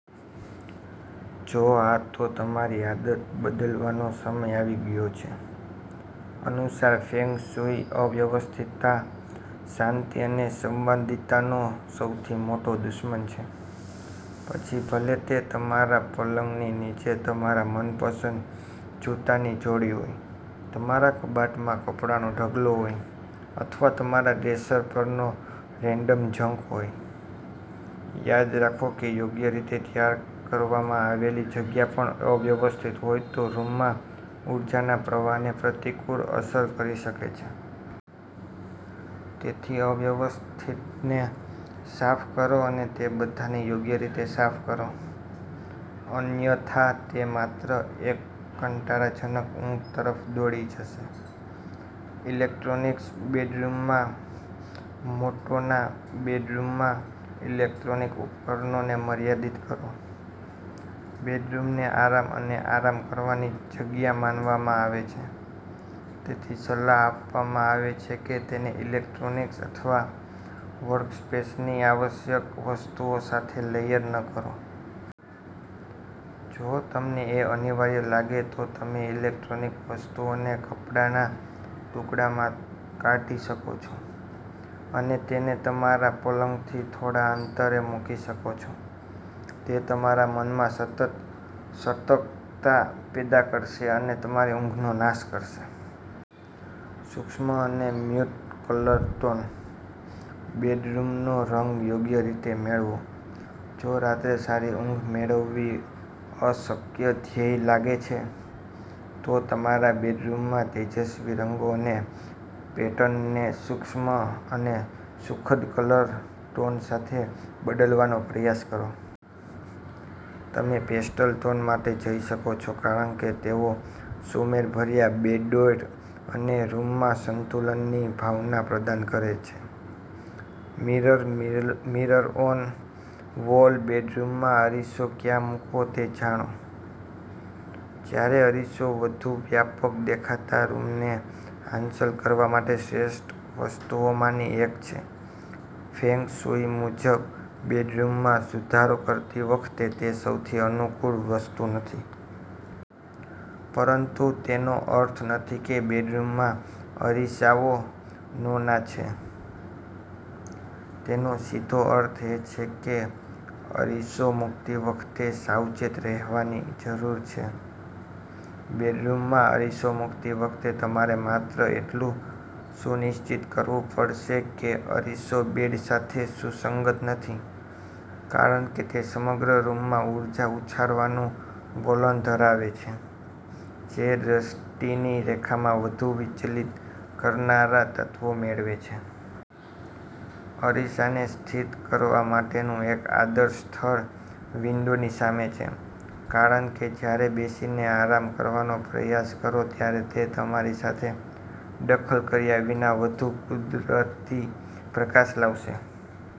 જો હા, તો તમારી આદત બદલવાનો સમય આવી ગયો છે. અનુસાર ફેંગ શુઇ, અવ્યવસ્થિતતા શાંતિ અને સંવાદિતાનો સૌથી મોટો દુશ્મન છે. પછી ભલે તે તમારા પલંગની નીચે તમારા મનપસંદ જૂતાની જોડી હોય, તમારા કબાટમાં કપડાંનો ઢગલો હોય, અથવા તમારા ડ્રેસર પરનો રેન્ડમ જંક હોય, યાદ રાખો કે યોગ્ય રીતે તૈયાર કરવામાં આવેલી જગ્યા પણ અવ્યવસ્થિત હોય તો રૂમમાં ઊર્જાના પ્રવાહને પ્રતિકૂળ અસર કરી શકે છે. તેથી, અવ્યવસ્થિતને સાફ કરો અને તે બધાને યોગ્ય રીતે સાફ કરો, અન્યથા, તે માત્ર એક કંટાળાજનક ઊંઘ તરફ દોરી જશે. ઈલેક્ટ્રોનિક્સ? બેડરૂમમાં મોટો ના! બેડરૂમમાં ઇલેક્ટ્રોનિક ઉપકરણોને મર્યાદિત કરો. બેડરૂમને આરામ અને આરામ કરવાની જગ્યા માનવામાં આવે છે, તેથી સલાહ આપવામાં આવે છે કે તેને ઇલેક્ટ્રોનિક્સ અથવા વર્કસ્પેસની આવશ્યક વસ્તુઓ સાથે લેયર ન કરો. જો તમને તે અનિવાર્ય લાગે, તો તમે ઈલેક્ટ્રોનિક વસ્તુઓને કપડાના ટુકડામાં કાઢી શકો છો અને તેને તમારા પલંગથી થોડા અંતરે મૂકી શકો છો. તે તમારા મનમાં સતત સતર્કતા પેદા કરશે અને તમારી ઊંઘનો નાશ કરશે. સૂક્ષ્મ અને મ્યૂટ કલર ટોન. બેડરૂમનો રંગ યોગ્ય રીતે મેળવો! જો રાત્રે સારી ઊંઘ મેળવવી અશક્ય ધ્યેય લાગે છે, તો તમારા બેડરૂમમાં તેજસ્વી રંગો અને પેટર્નને સૂક્ષ્મ અને સુખદ કલર ટોન સાથે બદલવાનો પ્રયાસ કરો. તમે પેસ્ટલ ટોન માટે જઈ શકો છો કારણ કે તેઓ સુમેળભર્યા બૌડોઇર અને રૂમમાં સંતુલનની ભાવના પ્રદાન કરે છે. Mirror, mirror on wall. બેડરૂમમાં અરીસો ક્યાં મૂકવો તે જાણો. જ્યારે અરીસો વધુ વ્યાપક દેખાતા રૂમને હાંસલ કરવા માટે શ્રેષ્ઠ વસ્તુઓમાંની એક છે, ફેંગ શુઇ મુજબ બેડરૂમમાં સુધારો કરતી વખતે તે સૌથી અનુકૂળ વસ્તુ નથી. પરંતુ તેનો અર્થ નથી કે બેડરૂમમાં અરીસાઓ નો-ના છે. તેનો સીધો અર્થ એ છે કે અરીસો મૂકતી વખતે સાવચેત રહેવાની જરૂર છે. બેડરૂમમાં અરીસો મૂકતી વખતે, તમારે માત્ર એટલું સુનિશ્ચિત કરવું પડશે કે અરીસો બેડ સાથે સુસંગત નથી કારણ કે તે સમગ્ર રૂમમાં ઊર્જા ઉછાળવાનું વલણ ધરાવે છે જે દૃષ્ટિની રેખામાં વધુ વિચલિત કરનારા તત્વો મેળવે છે. અરીસાને સ્થિત કરવા માટેનું એક આદર્શ સ્થળ વિન્ડોની સામે છે કારણ કે જ્યારે બેસીને આરામ કરવાનો પ્રયાસ કરો ત્યારે તે તમારી સાથે દખલ કર્યા વિના વધુ કુદરતી પ્રકાશ લાવશે